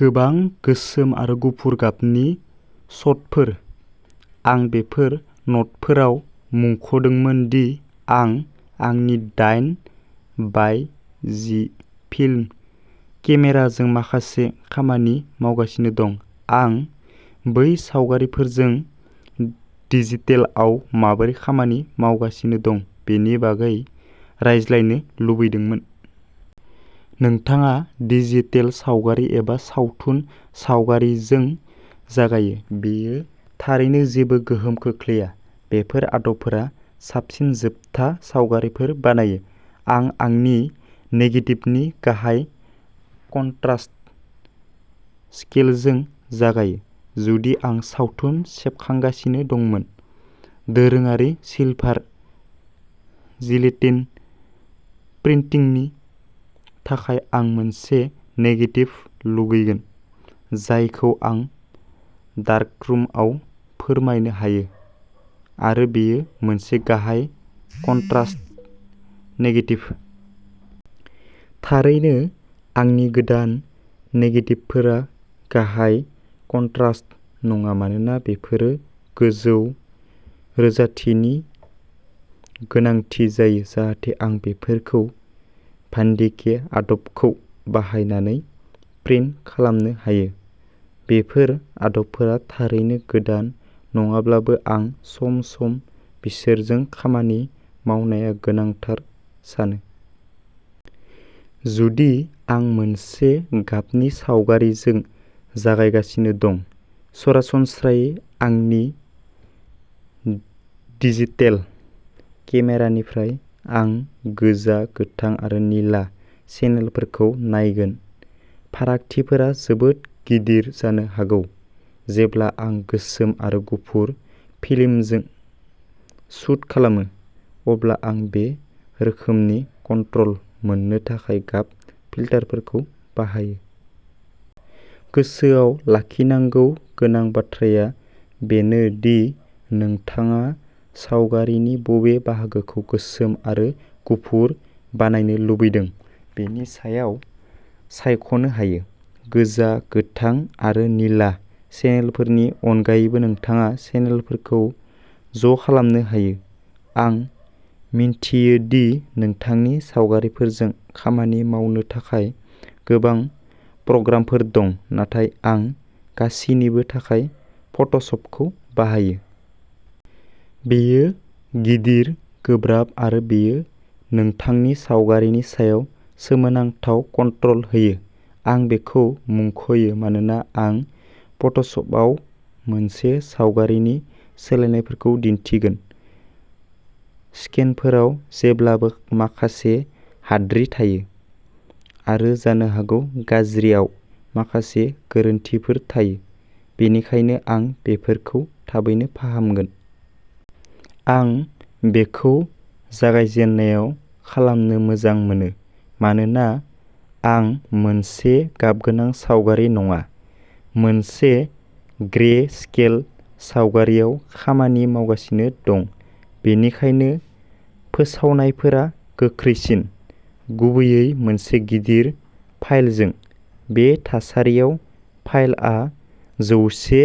गोबां गोसोम आरो गुफुर गाबनि शटफोर। आं बेफोर न'टफोराव मुंख'दोंमोन दि आं आंनि दाइन बाय जि फिल्म केमेराजों माखासे खामानि मावगासिनो दं। आं बै सावगारिफोरजों डिजिटेलआव माबोरै खामानि मावगासिनो दं बेनि बागै रायज्लायनो लुबैदोंमोन। नोंथाङा डिजिटेल सावगारि एबा सावथुन सावगारिजों जागायो, बेयो थारैनो जेबो गोहोम खोख्लैया बेफोर आदबफोरा साबसिन जोबथा सावगारिफोर बानायो। आं आंनि नेगेटिभनि गाहाय कनट्रास्ट स्केनजों जागायो। जुदि आं सावथुन सेबखांगासिनो दंमोन, दोरोङारि सिलभार जिलेटिन प्रिन्टिंनि थाखाय आं मोनसे नेगेटिभ लुबैगोन जायखौ आं डार्करुमआव फोरमायनो हायो आरो बेयो मोनसे गाहाय कनट्रास्ट नेगेटिभ। थारैनो आंनि गोदान नेगेटिभफोरा गाहाय कनट्रास्ट नङा, मानोना बेफोरो गोजौ रोजाथिनि गोनांथि जायो जाहाथे आं बेफोरखौ भान्डिके आदबखौ बाहायनानै प्रिन्ट खालामनो हायो। बेफोर आदबफोरा थारैनो गोदान नङाब्लाबो आं सम-सम बिसोरजों खामानि मावनाया गोनांथार सानो। जुदि आं मोनसे गाबनि सावगारिजों जागायगासिनो दं, सरासनस्रायै आंनि डिजिटेल केमेरानिफ्राय, आं गोजा, गोथां आरो निला चेनेलफोरखौ नायगोन। फारागथिफोरा जोबोद गिदिर जानो हागौ। जेब्ला आं गोसोम आरो गुफुर फिल्मजों शुट खालामो, अब्ला आं बे रोखोमनि कन्ट्रल मोननो थाखाय गाब फिल्टारफोरखौ बाहायो। गोसोआव लाखिनांगौ गोनां बाथ्राया बेनो दि नोंथाङा सावगारिनि बबे बाहागोखौ गोसोम आरो गुफुर बानायनो लुबैदों बेनि सायाव सायख'नो हायो। गोजा, गोथां आरो निला चेनेलफोरनि अनगायैबो नोंथाङा चेनेलफोरखौ ज'खालामनो हायो। आं मिन्थियो दि नोंथांनि सावगारिफोरजों खामानि मावनो थाखाय गोबां प्रग्रामफोर दं, नाथाय आं गासैनिबो थाखाय फट'शपखौ बाहायो। बेयो गिदिर, गोब्राब आरो बेयो नोंथांनि सावगारिनि सायाव सोमोनांथाव कन्ट्रल होयो। आं बेखौ मुंख'यो मानोना आं फट'शपआव मोनसे सावगारिनि सोलायनायफोरखौ दिन्थिगोन। स्केनफोराव जेब्लाबो माखासे हाद्रि थायो आरो जानो हागौ गाज्रिआव माखासे गोरोन्थिफोर थायो, बेनिखायनो आं बेफोरखौ थाबैनो फाहामगोन। आं बेखौ जागायजेननायाव खालामनो मोजां मोनो। मानोना आं मोनसे गाबगोनां सावगारि नङा, मोनसे ग्रे-स्केल सावगारिआव खामानि मावगासिनो दं, बेनिखायनो फोसाबनायफोरा गोख्रैसिन, गुबैयै मोनसे गिदिर फाइलजों। बे थासारियाव फाइलआ जौसे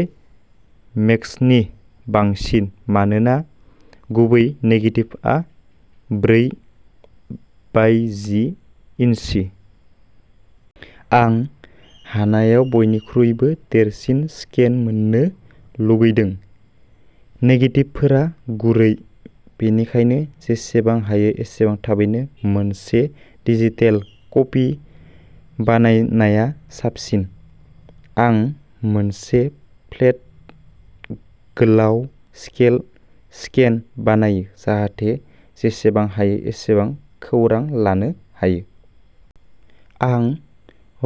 मेगसनि बांसिन, मानोना गुबै नेगेटिभआ ब्रै बाय जि इन्सि। आं हानायाव बयनिख्रुइबो देरसिन स्केन मोननो लुगैदों। नेगेटिभफोरा गुरै, बेनिखायनो जेसेबां हायो एसेबां थाबैनो मोनसे डिजिटेल कपि बानायनाया साबसिन। आं मोनसे फ्लेट, गोलाव स्केल, स्केन बानायो जाहाथे जेसेबां हायो एसेबां खौरां लानो हायो। आं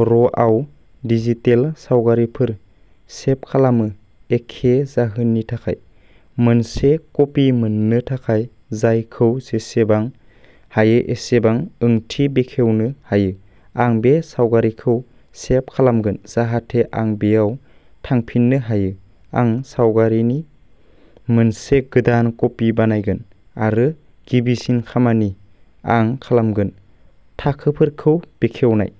र’ आव डिजिटेल सावगारिफोर सेब खालामो एखे जाहोननि थाखायः मोनसे कपि मोननो थाखाय जायखौ जेसेबां हायो एसेबां ओंथि बेखेवनो हायो। आं बे सावगारिखौ सेब खालामगोन, जाहाथे आं बेयाव थांफिननो हायो। आं सावगारिनि मोनसे गोदान कपि बानायगोन, आरो गिबिसिन खामानि आं खालामगोन थाखोफोरखौ खेवनाय।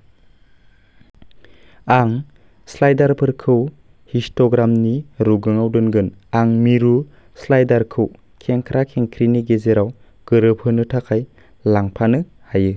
आं स्लाइडारफोरखौ हिस्ट'ग्रामनि रुगुङाव दोनगोन। आं मिरु स्लाइडारखौ खेंख्रा खेंख्रिनि गेजेराव गोरोबहोनो थाखाय लांफानो हायो।